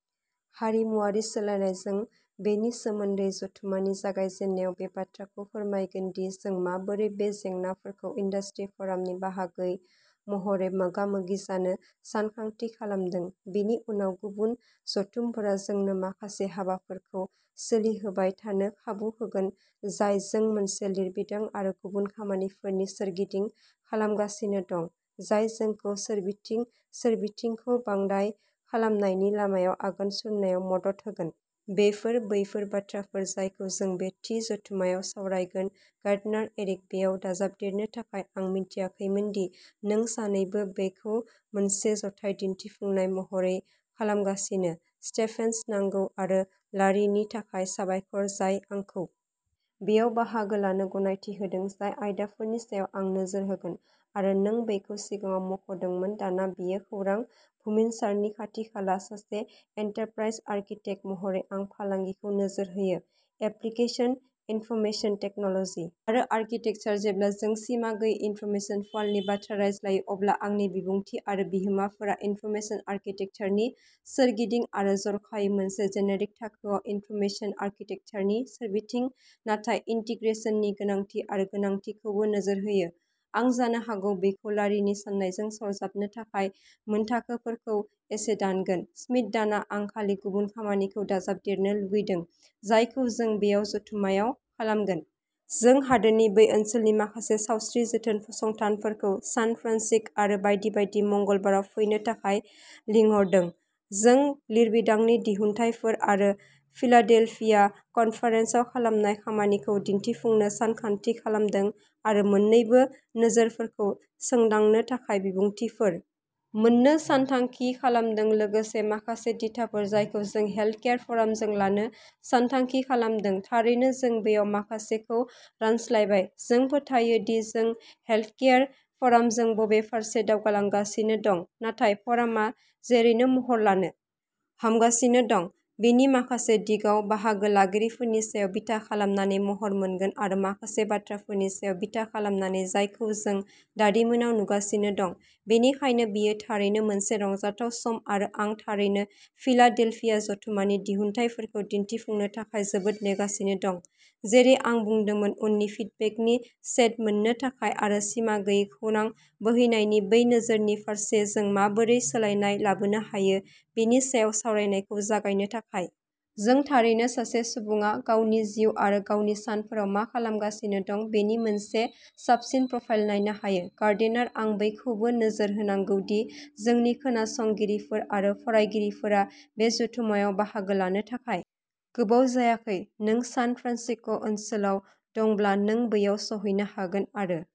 हारिमुआरि सोलायनाय जों बेनि सोमोन्दै जथुम्मानि जागायजेन्नायाव बे बाथ्राखौ फोरमायगोन दि, जों माबोरै बे जेंनाफोरखौ इन्दास्ट्रि फ'रामनि बाहागो महरै मोगा मोगि जानो सानथांखि खालामदों। बेनि उनाव गुबुन जथुमफोरा जोंनो माखासे हाबाफोरखौ सोलिहोबाय थानो खाबु होगोन। जाय जों मोनसे लिरबिदां आरो गुबुन खामानिफोरनि सोरगिदिं खालामगासिनो दं। जाय जोंखौ सोरबिथिं सोरबिथिंखौ बाङाइ खालामनायनि लामायाव आगान सुरनायाव मदद होगोन। बेफोर बैफोर बाथ्राफोर जायखौ जों बे थि जथुम्मायाव सावरायगोन। गार्डनार एरिक बेयाव दाजाबदेरनो थाखाय आं मिन्थियाखैमोन दि नों सानैबो बेखौ मोनसे जथाय दिन्थिफुंनाय महरै खालामगासिनो स्टेफेनस नंगौ आरो लारिनि थाखाय साबायखर। जाय आंखौ बेयाव बाहागो लानो गनायथि होदों, जाय आयदाफोरनि सायाव आं नोजोर होगोन आरो नों बेखौ सिगाङाव मुंख'दोंमोन। दाना बेयो खौरां बुमिनसारनि खाथि खाला सासे एन्टारप्राइज आर्किटेक्ट महरै आं फालांगिखौ नोजोर होयो। एप्लिकेसन इनफरमेशन टेक्न'ल'जि आरो आर्किटेकचार जेब्ला जों सिमा गैयै इनफरमेशन फलनि बाथ्रा रायज्लायो। अब्ला आंनि बिबुंथि आरो बिहोमाफोरा इनफरमेशन आर्किटेकचारनि सोरगिदिं आरो जर'खायै मोनसे जेनेरिक थाखोआव इनफरमेशन आर्किटेकचारनि सोरबिथिं। नाथाय इन्टिग्रेसननि गोनांथि आरो गोनांथिखौबो नोजोर होयो, आं जानो हागौ बेखौ लारिनि साननायजों सरजाबनो थाखाय मोनथाखोफोरखौ एसे दानगोन। श्मिट डाना आं खालि गुबुन खामानिखौ दाजाबदेरनो लुगैदों, जायखौ जों बेयाव जथुम्मायाव खालामगोन। जों हादोरनि बै ओनसोलनि माखासे सावस्रि जोथोन फसंथानफोरखौ सान फ्रान्सिस्क' आरो बायदि बायदि मंगलबाराव फैनो थाखाय लिंहरदों। जों लिरबिदांनि दिहुनथायफोर आरो फिलाडेल्फिया कनफारेन्सआव खालामनाय खामानिखौ दिन्थिफुंनो सानखानथि खालामदों आरो मोन्नैबो नोजोरफोरखौ सोंदांनो थाखाय बिबुंथिफोर मोन्नो सानथांखि खालामदों, लोगोसे माखासे दिथाफोर जायखौ जों हेल्थकेयार फरामजों लानो सानथांखि खालामदों। थारैनो जों बेयाव माखासेखौ रानस्लायबाय जों फोथायो दि, जों हेल्थकेयार फ'रामजों बबे फारसे दावगालांगासिनो दं। नाथाय फ'रामआ जेरैनो महर लानो हमगासिनो दं। बेनि माखासे दिगाव बाहागो लागिरिफोरनि सायाव बिथा खालामनानै महर मोनगोन आरो माखासे बाथ्राफोरनि सायाव बिथा खालामनानै जायखौ जों दारिमिनाव नुगासिनो दं। बेनिखायनो बेयो थारैनो मोनसे रंजाथाव सम आरो आं थारैनो फिलाडेल्फिया जथुम्मानि दिहुनथाइफोरखौ दिन्थिफुंनो थाखाय जोबोद नेगासिनो दं, जेरै आं बुंदोंमोन उननि फिडबेकनि सेट मोन्नो थाखाय आरो सिमा गैयै खौरां बोहैनायनि बै नोजोरनि फारसे जों माबोरै सोलायनाय लाबोनो हायो। बेनि सायाव सावरायनायखौ जागायनो थाखाय जों थारैनो सासे सुबुङा गावनि जिउ आरो गावनि सानफोराव मा खालामगासिनो दं बेनि मोनसे साबसिन प्रफाइल नायनो हायो। गार्डनार आं बेखौबो नोजोर होनांगौ दि जोंनि खोनासंगिरिफोर आरो फरायगिरिफोरा बे जथुम्मायाव बाहागो लानो थाखाय गोबाव जायाखै नों सान फ्रान्सिस्क' ओनसोलाव दंब्ला नों बैयाव सौहैनो हागोन आरो